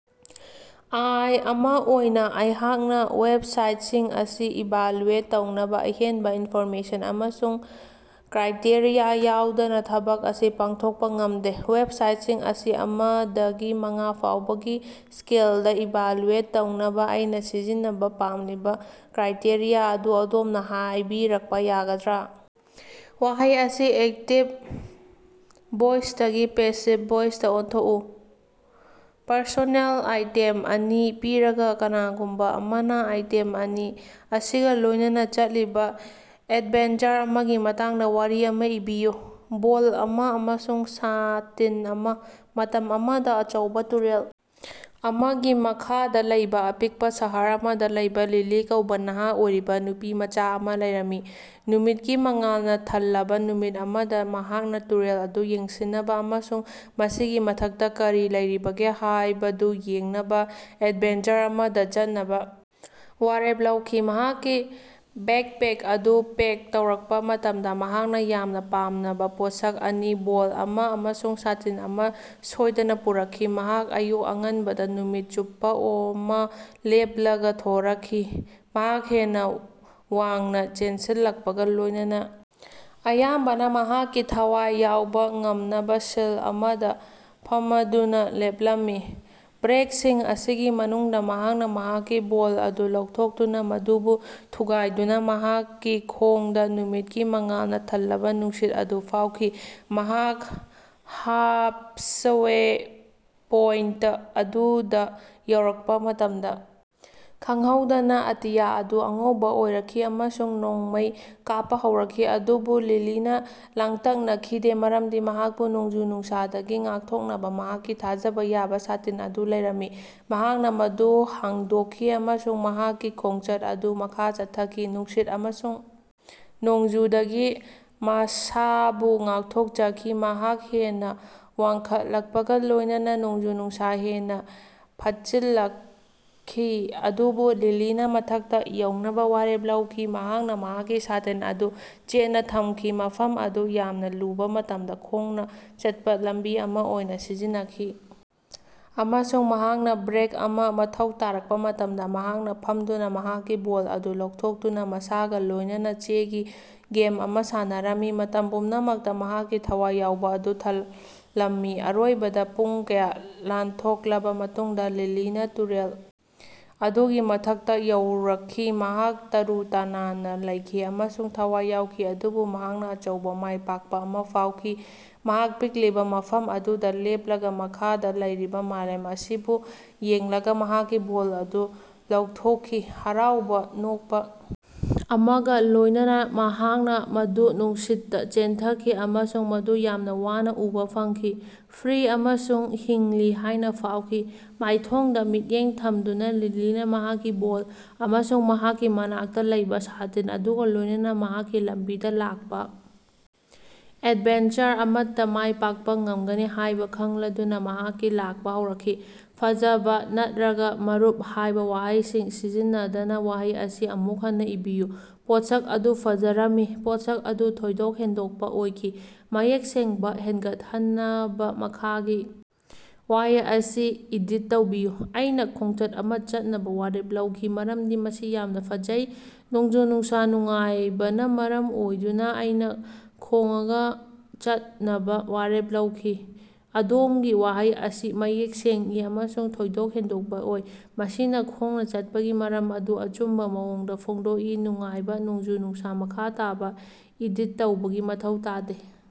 ꯑꯥꯏ. ꯑꯃ ꯑꯣꯏꯅ ꯑꯩꯍꯛꯅ ꯋꯦꯕꯁꯥꯏꯠꯁꯤꯡ ꯑꯁꯤ ꯏꯚꯥꯂꯨꯑꯦꯠ ꯇꯧꯅꯕ ꯑꯍꯦꯟꯕ ꯏꯟꯐꯣꯔꯃꯦꯁꯟ ꯑꯃꯁꯨꯡ ꯀ꯭ꯔꯥꯏꯇꯦꯔꯤꯌꯥ ꯌꯥꯎꯗꯅ ꯊꯕꯛ ꯑꯁꯤ ꯄꯥꯡꯊꯣꯛꯄ ꯉꯝꯗꯦ꯫ ꯋꯦꯕꯁꯥꯏꯠꯁꯤꯡ ꯑꯁꯤ ꯑꯃ ꯗꯒꯤ ꯃꯉꯥ ꯐꯥꯎꯕꯒꯤ ꯁ꯭ꯀꯦꯜꯗꯥ ꯏꯚꯥꯂꯨꯑꯦꯠ ꯇꯧꯅꯕꯥ ꯑꯩꯅ ꯁꯤꯖꯤꯟꯅꯕꯥ ꯄꯥꯝꯂꯤꯕ ꯀ꯭ꯔꯥꯏꯇꯦꯔꯤꯌꯥ ꯑꯗꯨ ꯑꯗꯣꯝꯅꯥ ꯍꯥꯏꯕꯤꯔꯛꯄ ꯌꯥꯒꯗ꯭ꯔ? ꯋꯥꯍꯩ ꯑꯁꯤ ꯑꯦꯛꯇꯤꯕ ꯚꯣꯏꯁꯇꯒꯤ ꯄꯦꯁꯤꯕ ꯚꯣꯏꯁꯇꯥ ꯑꯣꯟꯊꯣꯀꯎ. ꯄꯔꯁꯣꯅꯦꯜ ꯑꯥꯏꯇꯦꯝ ꯑꯅꯤ ꯄꯤꯔꯒꯥ, ꯀꯅꯥꯒꯨꯝꯕꯥ ꯑꯃꯅꯥ ꯑꯥꯏꯇꯦꯝ ꯑꯅꯤ ꯑꯁꯤꯒꯥ ꯂꯣꯏꯅꯅꯥ ꯆꯠꯂꯤꯕꯥ ꯑꯦꯗꯚꯦꯟꯆꯔ ꯑꯃꯒꯤ ꯃꯇꯥꯡꯗ ꯋꯥꯔꯤ ꯑꯃꯥ ꯏꯕꯤꯌꯨ꯫ ꯕꯣꯜ ꯑꯃ ꯑꯃꯁꯨꯡ ꯁꯥꯇꯤꯟ ꯑꯃ꯫ ꯃꯇꯝ ꯑꯃꯗ ꯑꯆꯧꯕ ꯇꯨꯔꯦꯜ ꯑꯃꯒꯤ ꯃꯈꯗ ꯂꯩꯕ ꯑꯄꯤꯛꯄ ꯁꯍꯔ ꯑꯃꯗ ꯂꯩꯕ ꯂꯤꯂꯤ ꯀꯧꯕ ꯅꯍꯥ ꯑꯣꯏꯔꯤꯕ ꯅꯨꯄꯤꯃꯆꯥ ꯑꯃꯥ ꯂꯩꯔꯝꯃꯤ꯫ ꯅꯨꯃꯤꯠꯀꯤ ꯃꯉꯥꯜꯅ ꯊꯜꯂꯕ ꯅꯨꯃꯤꯠ ꯑꯃꯗ ꯃꯍꯥꯛꯅ ꯇꯨꯔꯦꯜ ꯑꯗꯨ ꯌꯦꯡꯁꯤꯟꯅꯕ ꯑꯃꯁꯨꯡ ꯃꯁꯤꯒꯤ ꯃꯊꯛꯇ ꯀꯔꯤ ꯂꯩꯔꯤꯕꯒꯦ ꯍꯥꯌꯕꯗꯨ ꯌꯦꯡꯅꯕ ꯑꯦꯗꯚꯦꯟꯆꯔ ꯑꯃꯗ ꯆꯠꯅꯕ ꯋꯥꯔꯦꯞ ꯂꯧꯈꯤ꯫ ꯃꯍꯥꯛꯀꯤ ꯕꯦꯛꯄꯦꯛ ꯑꯗꯨ ꯄꯦꯛ ꯇꯧꯔꯛꯄꯥ ꯃꯇꯝꯗꯥ ꯃꯍꯥꯛꯅ ꯌꯥꯝꯅ ꯄꯥꯝꯅꯕ ꯄꯣꯠꯁꯛ ꯑꯅꯤ, ꯕꯣꯜ ꯑꯃ ꯑꯃꯁꯨꯡ ꯁꯥꯇꯤꯟ ꯑꯃ ꯁꯣꯏꯗꯅꯥ ꯄꯨꯔꯛꯈꯤ꯫ ꯃꯍꯥꯛ ꯑꯌꯨꯛ ꯑꯉꯟꯕꯗ ꯅꯨꯃꯤꯠ ꯆꯨꯞꯄꯥ ꯑꯃ ꯂꯦꯞꯂꯒ ꯊꯣꯔꯛꯈꯤ꯫ ꯃꯍꯥꯛ ꯍꯦꯟꯅ ꯋꯥꯡꯅ ꯆꯦꯟꯁꯤꯜꯂꯛꯄꯒꯥ ꯂꯣꯏꯅꯅꯥ ꯑꯌꯥꯝꯕꯅꯥ ꯃꯍꯥꯛꯀꯤ ꯊꯋꯥꯏ ꯌꯥꯎꯕ ꯉꯝꯅꯕꯥ ꯁꯤꯜ ꯑꯃꯗ ꯐꯃꯗꯨꯅ ꯂꯦꯞꯂꯝꯃꯤ꯫ ꯕ꯭ꯔꯦꯛꯁꯤꯡ ꯑꯁꯤꯒꯤ ꯃꯅꯨꯡꯗꯥ ꯃꯍꯥꯛꯅ ꯃꯍꯥꯛꯀꯤ ꯕꯣꯜ ꯑꯗꯨ ꯂꯧꯊꯣꯛꯇꯨꯅꯥ ꯃꯗꯨꯕꯨ ꯊꯨꯒꯥꯏꯗꯨꯅ ꯃꯍꯥꯛꯀꯤ ꯈꯣꯡꯗ ꯅꯨꯃꯤꯠꯀꯤ ꯃꯉꯥꯜꯅꯥ ꯊꯜꯂꯕꯥ ꯅꯨꯡꯁꯤꯠ ꯑꯗꯨ ꯐꯥꯎꯈꯤ꯫ ꯃꯍꯥꯛ ꯍꯥꯞꯁꯋꯦ ꯄꯣꯏꯟꯇ ꯑꯗꯨꯗ ꯌꯧꯔꯛꯄꯥ ꯃꯇꯝꯗ ꯈꯪꯍꯧꯗꯅ ꯑꯇꯤꯌꯥ ꯑꯗꯨ ꯑꯉꯧꯕ ꯑꯣꯏꯔꯛꯈꯤ ꯑꯃꯁꯨꯡ ꯅꯣꯡꯃꯩ ꯀꯥꯞꯄ ꯍꯧꯔꯛꯈꯤ꯫ ꯑꯗꯨꯕꯨ ꯂꯤꯂꯤꯅ ꯂꯥꯡꯇꯛꯅꯈꯤꯗꯦ, ꯃꯔꯝꯗꯤ ꯃꯍꯥꯛꯄꯨ ꯅꯣꯡꯖꯨ-ꯅꯨꯡꯁꯥꯗꯒꯤ ꯉꯥꯛꯊꯣꯛꯅꯕ ꯃꯍꯥꯛꯀꯤ ꯊꯥꯖꯕ ꯌꯥꯕ ꯁꯥꯇꯤꯟ ꯑꯗꯨ ꯂꯩꯔꯝꯃꯤ꯫ ꯃꯍꯥꯛꯅ ꯃꯗꯨ ꯍꯥꯡꯗꯣꯛꯈꯤ ꯑꯃꯁꯨꯡ ꯃꯍꯥꯛꯀꯤ ꯈꯣꯉꯆꯠ ꯑꯗꯨ ꯃꯈꯥ ꯆꯠꯊꯈꯤ, ꯅꯨꯡꯁꯤꯠ ꯑꯃꯁꯨꯡ ꯅꯣꯡꯖꯨꯗꯒꯤ ꯃꯁꯥꯕꯨ ꯉꯥꯛꯊꯣꯛꯆꯈꯤ꯫ ꯃꯍꯥꯛ ꯍꯦꯟꯅ ꯋꯥꯡꯈꯠꯂꯛꯄꯒ ꯂꯣꯏꯅꯅꯥ ꯅꯣꯡꯖꯨ-ꯅꯨꯡꯁꯥ ꯍꯦꯟꯅꯥ ꯐꯠꯆꯤꯜꯂꯛꯈꯤ꯫ ꯑꯗꯨꯕꯨ ꯂꯤꯂꯤꯅ ꯃꯊꯛꯇꯥ ꯌꯧꯅꯕ ꯋꯥꯔꯦꯞ ꯂꯧꯈꯤ꯫ ꯃꯍꯥꯛꯅ ꯃꯍꯥꯛꯀꯤ ꯁꯥꯇꯤꯟ ꯑꯗꯨ ꯆꯦꯠꯅꯥ ꯊꯝꯈꯤ, ꯃꯐꯝ ꯑꯗꯨ ꯌꯥꯝꯅ ꯂꯨꯕ ꯃꯇꯝꯗ ꯈꯣꯡꯅ ꯆꯠꯄ ꯂꯝꯕꯤ ꯑꯃ ꯑꯣꯏꯅ ꯁꯤꯖꯤꯟꯅꯈꯤ꯫ ꯑꯃꯁꯨꯡ ꯃꯍꯥꯛꯅ ꯕ꯭ꯔꯦꯛ ꯑꯃ ꯃꯊꯧ ꯇꯥꯔꯛꯄ ꯃꯇꯝꯗ ꯃꯍꯥꯛꯅ ꯐꯝꯗꯨꯅ ꯃꯍꯥꯛꯀꯤ ꯕꯣꯜ ꯑꯗꯨ ꯂꯧꯊꯣꯛꯇꯨꯅ ꯃꯁꯥꯒ ꯂꯣꯏꯅꯅꯥ ꯆꯦꯒꯤ ꯒꯦꯝ ꯑꯃꯥ ꯁꯥꯟꯅꯔꯝꯃꯤ, ꯃꯇꯝ ꯄꯨꯝꯅꯃꯛꯇ ꯃꯍꯥꯛꯀꯤ ꯊꯋꯥꯏ ꯌꯥꯎꯕ ꯑꯗꯨ ꯊꯝꯂꯝꯃꯤ꯫ ꯑꯔꯣꯏꯕꯗ ꯄꯨꯡ ꯀꯌꯥ ꯂꯥꯟꯊꯣꯛꯂꯕ ꯃꯇꯨꯡꯗ ꯂꯤꯂꯤꯅ ꯇꯨꯔꯦꯜ ꯑꯗꯨꯒꯤ ꯃꯊꯛꯇ ꯌꯧꯔꯛꯈꯤ꯫ ꯃꯍꯥꯛ ꯇꯔꯨ ꯇꯅꯥꯟꯅ ꯂꯩꯈꯤ ꯑꯃꯁꯨꯡ ꯊꯋꯥꯏ ꯌꯥꯎꯈꯤ, ꯑꯗꯨꯕꯨ ꯃꯍꯥꯛꯅ ꯑꯆꯧꯕ ꯃꯥꯏ ꯄꯥꯛꯄ ꯑꯃ ꯐꯥꯎꯈꯤ꯫ ꯃꯍꯥꯛ ꯄꯤꯛꯂꯤꯕ ꯃꯐꯝ ꯑꯗꯨꯗ ꯂꯦꯞꯂꯒ ꯃꯈꯗ ꯂꯩꯔꯤꯕ ꯃꯂꯦꯝ ꯑꯁꯤꯕꯨ ꯌꯦꯡꯂꯒ ꯃꯍꯥꯛꯀꯤ ꯕꯣꯜ ꯑꯗꯨ ꯂꯧꯊꯣꯛꯈꯤ꯫ ꯍꯔꯥꯎꯕ ꯅꯣꯛꯄꯥ ꯑꯃꯒ ꯂꯣꯏꯅꯅꯥ ꯃꯍꯥꯛꯅ ꯃꯗꯨ ꯅꯨꯡꯁꯤꯠꯇ ꯆꯦꯟꯊꯈꯤ ꯑꯃꯁꯨꯡ ꯃꯗꯨ ꯌꯥꯝꯅ ꯋꯥꯅ ꯎꯕꯥ ꯐꯪꯈꯤ, ꯐ꯭ꯔꯤ ꯑꯃꯁꯨꯡ ꯍꯤꯡꯂꯤ ꯍꯥꯏꯅ ꯐꯥꯎꯈꯤ꯫ ꯃꯥꯏꯊꯣꯡꯗ ꯃꯤꯠꯌꯦꯡ ꯊꯝꯗꯨꯅ ꯂꯤꯂꯤꯅ ꯃꯍꯥꯛꯀꯤ ꯕꯣꯜ ꯑꯃꯁꯨꯡ ꯃꯍꯥꯛꯀꯤ ꯃꯅꯥꯛꯇ ꯂꯩꯕ ꯁꯥꯇꯤꯟ ꯑꯗꯨꯒ ꯂꯣꯏꯅꯅꯥ ꯃꯍꯥꯛꯀꯤ ꯂꯝꯕꯤꯗ ꯂꯥꯛꯄ ꯑꯦꯗꯚꯦꯟꯆꯔ ꯑꯃꯠꯇ ꯃꯥꯏ ꯄꯥꯛꯄ ꯉꯝꯒꯅꯤ ꯍꯥꯏꯕ ꯈꯪꯂꯗꯨꯅ ꯃꯍꯥꯛꯀꯤ ꯂꯥꯛꯄ ꯍꯧꯔꯛꯈꯤ꯫ "ꯐꯖꯕꯥ" ꯅꯠꯔꯒꯥ "ꯃꯔꯨꯞ" ꯍꯥꯏꯕ ꯋꯥꯍꯩꯁꯤꯡ ꯁꯤꯖꯤꯟꯅꯗꯅ ꯋꯥꯍꯩ ꯑꯁꯤ ꯑꯃꯨꯛ ꯍꯟꯅ ꯏꯕꯤꯌꯨ꯫ ꯄꯣꯠꯁꯛ ꯑꯗꯨ ꯐꯖꯔꯝꯃꯤ꯫ ꯄꯣꯠꯁꯛ ꯑꯗꯨ ꯊꯣꯏꯗꯣꯛ ꯍꯦꯟꯗꯣꯛꯄ ꯑꯣꯏꯈꯤ꯫ ꯃꯌꯦꯛ ꯁꯦꯡꯕꯥ ꯍꯦꯒꯠꯍꯟꯅꯕ ꯃꯈꯥꯒꯤ ꯋꯥꯍꯩ ꯑꯁꯤ ꯏꯗꯤꯠ ꯇꯧꯕꯤꯌꯨ: ꯑꯩꯅꯥ ꯈꯣꯡꯆꯠ ꯑꯃ ꯆꯠꯅꯕ ꯋꯥꯔꯦꯞ ꯂꯧꯈꯤ ꯃꯔꯝꯗꯤ ꯃꯁꯤ ꯌꯥꯝꯅ ꯐꯖꯩ꯫ ꯅꯣꯡꯖꯨ-ꯅꯨꯡꯁꯥ ꯅꯨꯡꯉꯥꯏꯕꯅ ꯃꯔꯝ ꯑꯣꯏꯗꯨꯅ ꯑꯩꯅ ꯈꯣꯉꯅ ꯆꯠꯅꯕ ꯋꯥꯔꯦꯞ ꯂꯧꯈꯤ꯫ ꯑꯗꯣꯝꯒꯤ ꯋꯥꯍꯩ ꯑꯁꯤ ꯃꯌꯦꯛ ꯁꯦꯡꯏ ꯑꯃꯁꯨꯡ ꯊꯣꯏꯗꯣꯛ ꯍꯦꯟꯗꯣꯛꯄ ꯑꯣꯏ꯫ ꯃꯁꯤꯅ ꯈꯣꯡꯅ ꯆꯠꯄꯒꯤ ꯃꯔꯝ ꯑꯗꯨ ꯑꯆꯨꯝꯕ ꯃꯑꯣꯡꯗ ꯐꯣꯡꯗꯣꯛꯏ ꯅꯨꯡꯉꯥꯏꯕ ꯅꯣꯡꯖꯨ-ꯅꯨꯡꯁꯥ꯫ ꯃꯈꯥ ꯇꯥꯕ ꯏꯗꯤꯠ ꯇꯧꯕꯒꯤ ꯃꯊꯧ ꯇꯥꯗꯦ꯫।